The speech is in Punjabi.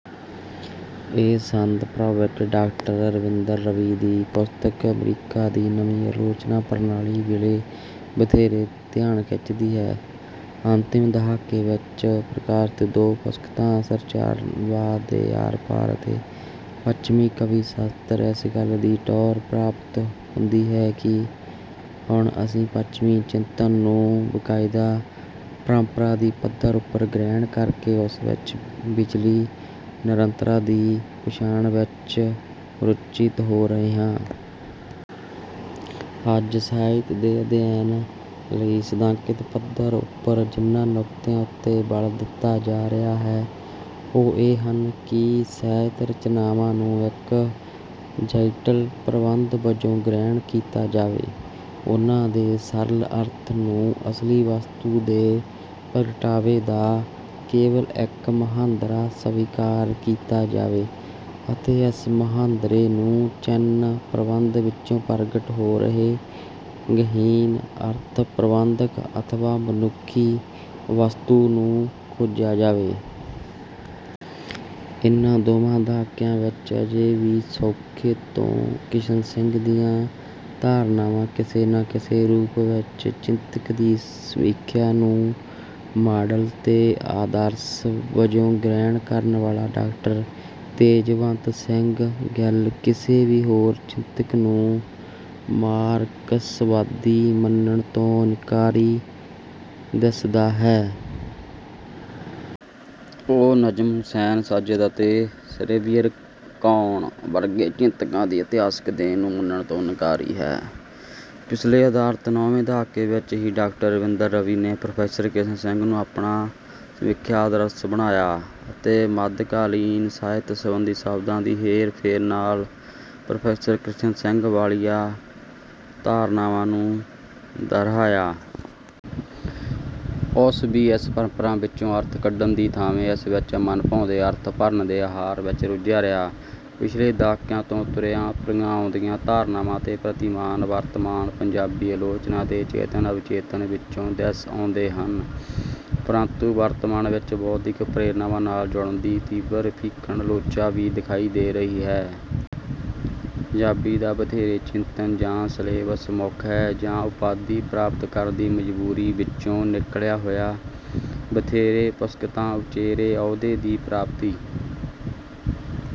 ਇਸ ਸੰਦਰਭ ਵਿੱਚ ਡਾਕਟਰ ਰਵਿੰਦਰ ਰਵੀ ਦੀ ਪੁਸਤਕ ਅਮਰੀਕਾ ਦੀ ਨਵੀਂ ਆਲੋਚਨਾ ਪ੍ਰਣਾਲੀ ਵਧੇਰੇ ਧਿਆਨ ਖਿੱਚਦੀ ਹੈ। ਅੰਤਿਮ ਦਹਾਕੇ ਵਿੱਚ ਪ੍ਰਕਾਸ਼ਿਤ ਦੋ ਪੁਸਤਕਾਂ ਸੰਰਚਨਾਵਾਦ ਦੇ ਆਰ ਪਾਰ ਅਤੇ ਪੱਛਮੀ ਕਾਵਿ ਸ਼ਾਸਤਰ ਤੋਂ ਇਸ ਗੱਲ ਦੀ ਟੋਰ ਪ੍ਰਾਪਤ ਹੁੰਦੀ ਹੈ ਕਿ ਹੁਣ ਅਸੀਂ ਪੱਛਮੀ ਚਿੰਤਨ ਨੂੰ ਬਕਾਇਦਾ ਪਰੰਪਰਾ ਦੀ ਪੱਧਰ ਉੱਪਰ ਗ੍ਰਹਿਣ ਕਰਕੇ ਉਸ ਵਿੱਚਲੀ ਨਿਰੰਤਰਤਾ ਦੀ ਪਛਾਣ ਵਿੱਚ ਰੁਚਿਤ ਹੋ ਰਹੇ ਹਾਂ। ਅੱਜ ਸਾਹਿਤ ਦੇ ਅਧਿਐਨ ਲਈ ਸਿਧਾਂਤਕ ਪੱਧਰ ਉੱਪਰ ਜਿਨ੍ਹਾਂ ਨੁਕਤਿਆਂ ਉੱਤੇ ਬਲ ਦਿੱਤਾ ਜਾ ਰਿਹਾ ਹੈ ਉਹ ਇਹ ਹਨ ਕਿ ਸਾਹਿਤ ਰਚਨਾਵਾਂ ਨੂੰ ਇੱਕ ਜਟਿਲ ਪ੍ਰਬੰਧ ਵਜੋਂ ਗ੍ਰਹਿਣ ਕੀਤਾ ਜਾਵੇ ਉਨ੍ਹਾਂ ਦੇ ਸਰਲ ਅਰਥ ਨੂੰ ਅਸਲੀ ਵਸਤੂ ਦੇ ਪ੍ਰਗਟਾਵੇ ਦਾ ਕੇਵਲ ਇੱਕ ਮੁਹਾਂਦਰਾ ਸਵੀਕਾਰ ਕੀਤਾ ਜਾਵੇ ਅਤੇ ਇਸ ਮੁਹਾਂਦਰੇ ਨੂੰ ਚਿੰਨ੍ਹਾਂ ਪ੍ਰਬੰਧ ਵਿੱਚੋਂ ਪ੍ਰਗਟ ਹੋ ਰਹੇ ਗਹਿਨ ਅਰਥ ਪ੍ਰਬੰਧ ਅਥਵਾ ਮਨੁੱਖੀ ਵਸਤੂ ਨੂੰ ਖੋਜਿਆ ਜਾਵੇ। ਇਨ੍ਹਾਂ ਦੋਵਾਂ ਦਹਾਕਿਆਂ ਵਿੱਚ ਅਜੇ ਵੀ ਸੇਖੋਂ ਤੇ ਕਿਸ਼ਨ ਸਿੰਘ ਦੀਆਂ ਧਾਰਨਾਵਾਂ ਕਿਸੇ ਨਾ ਕਿਸੇ ਰੂਪ ਵਿੱਚ ਚਿੰਤਕ ਦੀ ਸਮੀਖਿਆ ਨੂੰ ਮਾਡਲ ਤੇ ਆਦਰਸ਼ ਵਜੋਂ ਗ੍ਰਹਿਣ ਕਰਨ ਵਾਲਾ ਡਾਕਟਰ ਤੇਜਵੰਤ ਸਿੰਘ ਗਿੱਲ ਕਿਸੇ ਵੀ ਹੋਰ ਚਿੰਤਕ ਨੂੰ ਮਾਰਕਸਵਾਦੀ ਮੰਨਣ ਤੋਂ ਇਨਕਾਰੀ ਦਿੱਸਦਾ ਹੈ। ਉਹ ਨਜ਼ਮ ਹੁਸੈਨ ਸੱਯਦ ਅਤੇ ਸੇਰੇਬਰੀਆਕੋਣ ਵਰਗੇ ਚਿੰਤਕਾਂ ਦੀ ਇਤਿਹਾਸਕ ਦੇਣ ਨੂੰ ਮੰਨਣ ਤੋਂ ਇਨਕਾਰੀ ਹੈ। ਪਿਛਲੇ ਅਰਥਾਤ ਨੌਵੇਂ ਦਹਾਕੇ ਵਿੱਚ ਹੀ ਡਾਕਟਰ ਰਵਿੰਦਰ ਰਵੀ ਨੇ ਪ੍ਰੋਫੈਸਰ ਕਿਸ਼ਨ ਸਿੰਘ ਨੂੰ ਆਪਣਾ ਸਮੀਖਿਆ ਆਦਰਸ਼ ਬਣਾਇਆ ਅਤੇ ਮੱਧਕਾਲੀਨ ਸਾਹਿਤ ਸੰਬੰਧੀ ਸ਼ਬਦਾਂ ਦੀ ਹੇਰ ਫੇਰ ਨਾਲ ਪ੍ਰੋਫੈਸਰ ਕਿਸ਼ਨ ਸਿੰਘ ਵਾਲੀਆਂ ਧਾਰਨਾਵਾਂ ਨੂੰ ਹੀ ਦੁਹਰਾਇਆ। ਉਸ ਵੀ ਇਸ ਪਰੰਪਰਾ ਵਿੱਚੋਂ ਅਰਥ ਕੱਢਣ ਦੀ ਥਾਵੇਂ ਇਸ ਵਿੱਚ ਮਨਭਾਉਂਦੇ ਅਰਥ ਭਰਣ ਦੇ ਆਹਾਰ ਵਿੱਚ ਰੁੱਝਿਆ ਰਿਹਾ। ਪਿਛਲੇ ਦਹਾਕਿਆਂ ਤੋਂ ਤੁਰੀਆਂ ਆਉਂਦੀਆਂ ਧਾਰਨਾਵਾਂ ਤੇ ਪ੍ਰਤੀਮਾਨ ਵਰਤਮਾਨ ਪੰਜਾਬੀ ਆਲੋਚਨਾ ਦੇ ਚੇਤਨ ਅਵਚੇਤਨ ਵਿੱਚੋਂ ਦਿੱਸ ਆਉਂਦੇ ਹਨ ਪਰੰਤੂ ਵਰਤਮਾਨ ਵਿੱਚ ਬੌਧਿਕ ਪ੍ਰੇਰਨਾਵਾਂ ਨਾਲ ਜੁੜਨ ਦੀ ਤੀਬਰ ਭੀਖਣ ਲੋਚਾ ਵੀ ਦਿਖਾਈ ਦੇ ਰਹੀ ਹੈ। ਪੰਜਾਬੀ ਦਾ ਵਧੇਰੇ ਚਿੰਤਨ ਜਾਂ ਸਲੇਬਸ ਮੁੱਖ ਹੈ ਜਾਂ ਉਪਾਧੀ ਪ੍ਰਾਪਤ ਕਰਨ ਦੀ ਮਜ਼ਬੂਰੀ ਵਿੱਚੋਂ ਨਿਕਲਿਆ ਹੋਇਆ। ਵਧੇਰੇ ਪੁਸਤਕਾਂ ਉਚੇਰੇ ਅਹੁਦੇ ਦੀ ਪ੍ਰਾਪਤੀ